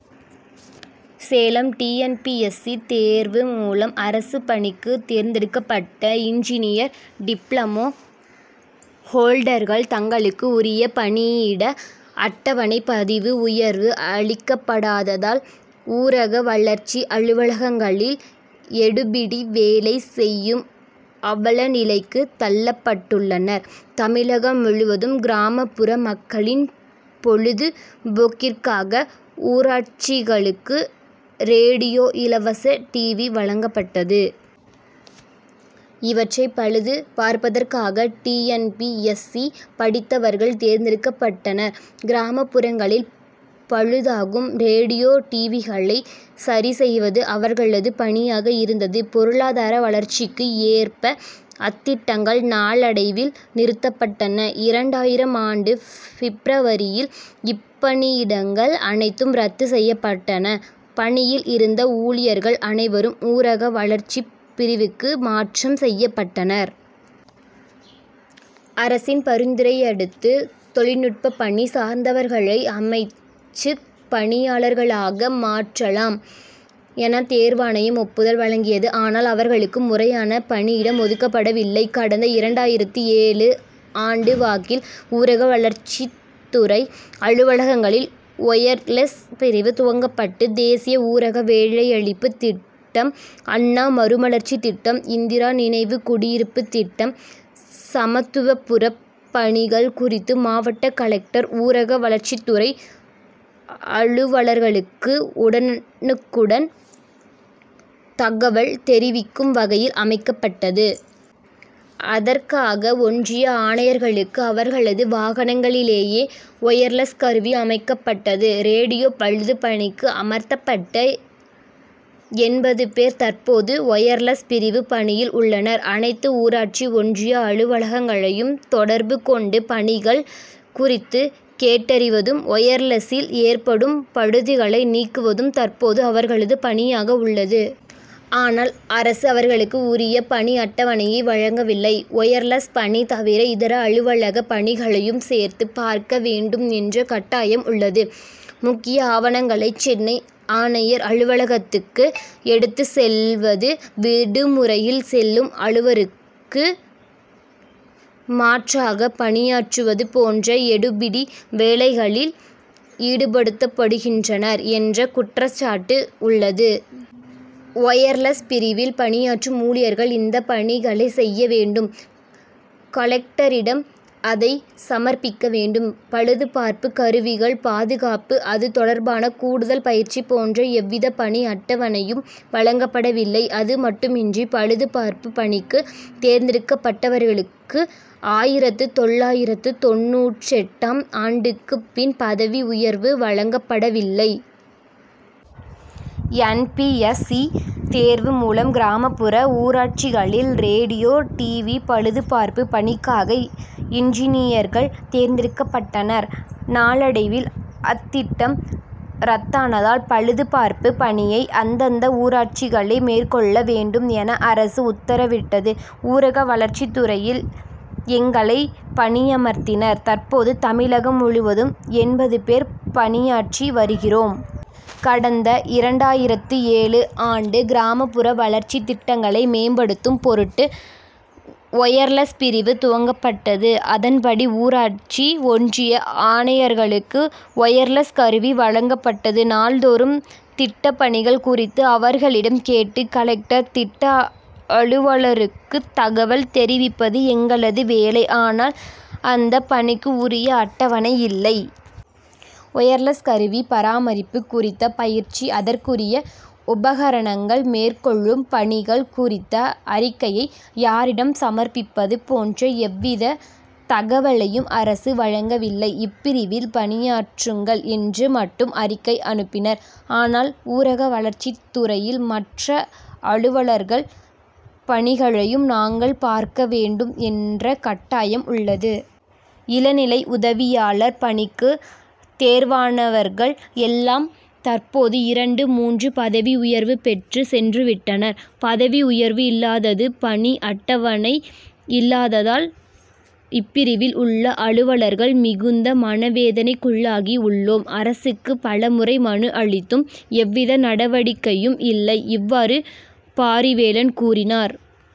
Salem T. N. P. S. C. தேர்வு மூலம் அரசுப் பணிக்கு தேர்ந்தெடுக்கப்பட்ட இன்ஜினியர் டிப்ளமோ ஹோல்டர்கள் தங்களுக்கு உரிய பணியிட அட்டவணை பதிவு உயர்வு அளிக்கப்படாததால் ஊரக வளர்ச்சி அலுவலகங்களில் எடுபிடி வேலை செய்யும் அவல நிலைக்கு தள்ளப்பட்டுள்ளனர். தமிழகம் முழுவதும் கிராமப்புற மக்களின் பொழுது போக்கிற்காக ஊராட்சிகளுக்கு ரேடியோ இலவச டிவி வழங்கப்பட்டது. இவற்றை பழுது பார்ப்பதற்காக T. N. P. S. C. படித்தவர்கள் தேர்ந்தெடுக்கப்பட்டனர். கிராமப்புறங்களில் பழுதாகும் ரேடியோ டிவிகளை சரிசெய்வது அவர்களது பணியாக இருந்தது. பொருளாதார வளர்ச்சிக்கு ஏற்ப அத்திட்டங்கள் நாளடைவில் நிறுத்தப்பட்டன. இரண்டாயிரம் ஆண்டு பிப்ரவரியில் இப்பணியிடங்கள் அனைத்தும் ரத்து செய்யப்பட்டன. பணியில் இருந்த ஊழியர்கள் அனைவரும் ஊரக வளர்ச்சிப் பிரிவுக்கு மாற்றம் செய்யப்பட்டனர். அரசின் பரிந்துரையையடுத்து தொழில்நுட்ப பணி சார்ந்தவர்களை அமைச்சுப் பணியாளர்களாக மாற்றலாம் என தேர்வாணையம் ஒப்புதல் வழங்கியது. ஆனால் அவர்களுக்கு முறையான பணியிடம் ஒதுக்கப்படவில்லை. கடந்த இரண்டாயிரத்து ஏழு ஆண்டு வாக்கில் ஊரக வளர்ச்சித்துறை அலுவலகங்களில் ஒயர்லெஸ் பிரிவு துவங்கப்பட்டது. தேசிய ஊரக வேலையளிப்புத் திட்டம் அண்ணா மறுமலர்ச்சி திட்டம் இந்திரா நினைவு குடியிருப்பு திட்டம் சமத்துவபுரப் பணிகள் குறித்து மாவட்ட கலெக்டர் ஊரக வளர்ச்சித்துறை அலுவலர்களுக்கு உடனுக்குடன் தகவல் தெரிவிக்கும் வகையில் அமைக்கப்பட்டது. அதற்காக ஒன்றிய ஆணையர்களுக்கு அவர்களது வாகனங்களிலேயே ஒயர்லெஸ் கருவி அமைக்கப்பட்டது. ரேடியோ பழுது பணிக்கு அமர்த்தப்பட்ட எண்பது பேர் தற்போது ஒயர்லெஸ் பிரிவு பணியில் உள்ளனர். அனைத்து ஊராட்சி ஒன்றிய அலுவலகங்களையும் தொடர்பு கொண்டு பணிகள் குறித்து கேட்டறிவதும் ஒயர்லெசில் ஏற்படும் பழுதுகளை நீக்குவதும் தற்போது அவர்களது பணியாக உள்ளது. ஆனால் அரசு அவர்களுக்கு உரிய பணி அட்டவணையை வழங்கவில்லை. ஒயர்லெஸ் பணி தவிர இதர அலுவலக பணிகளையும் சேர்த்து பார்க்க வேண்டும் என்ற கட்டாயம் உள்ளது. முக்கிய ஆவணங்களை சென்னை ஆணையர் அலுவலகத்துக்கு எடுத்து செல்வது விடுமுறையில் செல்லும் அலுவருக்கு மாற்றாக பணியாற்றுவது போன்ற எடுபிடி வேலைகளில் ஈடுபடுத்தப்படுகின்றனர் என்ற குற்றச்சாட்டு உள்ளது. ஒயர்லெஸ் பிரிவில் பணியாற்றும் ஊழியர்கள் இந்த பணிகளை செய்ய வேண்டும் கலெக்டரிடம் அதை சமர்ப்பிக்க வேண்டும் பழுது பார்ப்பு கருவிகள் பாதுகாப்பு அது தொடர்பான கூடுதல் பயிற்சி போன்ற எவ்வித பணி அட்டவணையும் வழங்கப்படவில்லை. அது மட்டுமின்றி பழுது பார்ப்பு பணிக்கு தேர்ந்தெடுக்கப்பட்டவர்களுக்கு ஆயிரத்து தொள்ளாயிரத்து தொண்ணூற்றெட்டாம் ஆண்டுக்கு பின் பதவி உயர்வு வழங்கப்படவில்லை. என். பி. எஸ். சி. தேர்வு மூலம் கிராமப்புற ஊராட்சிகளில் ரேடியோ டிவி பழுதுபார்ப்பு பணிக்காக இன்ஜினியர்கள் தேர்ந்தெடுக்கப்பட்டனர். நாளடைவில் அத்திட்டம் ரத்தானதால் பழுது பார்ப்பு பணியை அந்தந்த ஊராட்சிகளே மேற்கொள்ள வேண்டும் என அரசு உத்தரவிட்டது. ஊரக வளர்ச்சித்துறையில் எங்களை பணியமர்த்தினர். தற்போது தமிழகம் முழுவதும் எண்பது பேர் பணியாற்றி வருகிறோம். கடந்த இரண்டாயிரத்து ஏழு ஆண்டு கிராமப்புற வளர்ச்சித் திட்டங்களை மேம்படுத்தும் பொருட்டு ஒயர்லெஸ் பிரிவு துவங்கப்பட்டது. அதன்படி ஊராட்சி ஒன்றிய ஆணையர்களுக்கு ஒயர்லெஸ் கருவி வழங்கப்பட்டது. நாள்தோறும் திட்டப்பணிகள் குறித்து அவர்களிடம் கேட்டு கலெக்டர் திட்ட அலுவலருக்கு தகவல் தெரிவிப்பது எங்களது வேலை. ஆனால் அந்த பணிக்கு உரிய அட்டவணை இல்லை. ஒயர்லெஸ் கருவி பராமரிப்பு குறித்த பயிற்சி அதற்குரிய உபகரணங்கள் மேற்கொள்ளும் பணிகள் குறித்த அறிக்கையை யாரிடம் சமர்ப்பிப்பது போன்ற எவ்வித தகவலையும் அரசு வழங்கவில்லை. இப்பிரிவில் பணியாற்றுங்கள் என்று மட்டும் அறிக்கை அனுப்பினர். ஆனால் ஊரக வளர்ச்சித் துறையில் மற்ற அலுவலர்கள் பணிகளையும் நாங்கள் பார்க்க வேண்டும் என்ற கட்டாயம் உள்ளது. இளநிலை உதவியாளர் பணிக்கு தேர்வானவர்கள் எல்லாம் தற்போது இரண்டு மூன்று பதவி உயர்வு பெற்று சென்று விட்டனர். பதவி உயர்வு இல்லாதது பணி அட்டவணை இல்லாததால் இப்பிரிவில் உள்ள அலுவலர்கள் மிகுந்த மனவேதனைக்குள்ளாகி உள்ளோம். அரசுக்கு பலமுறை மனு அளித்தும் எவ்வித நடவடிக்கையும் இல்லை. இவ்வாறு பாரிவேலன் கூறினார்.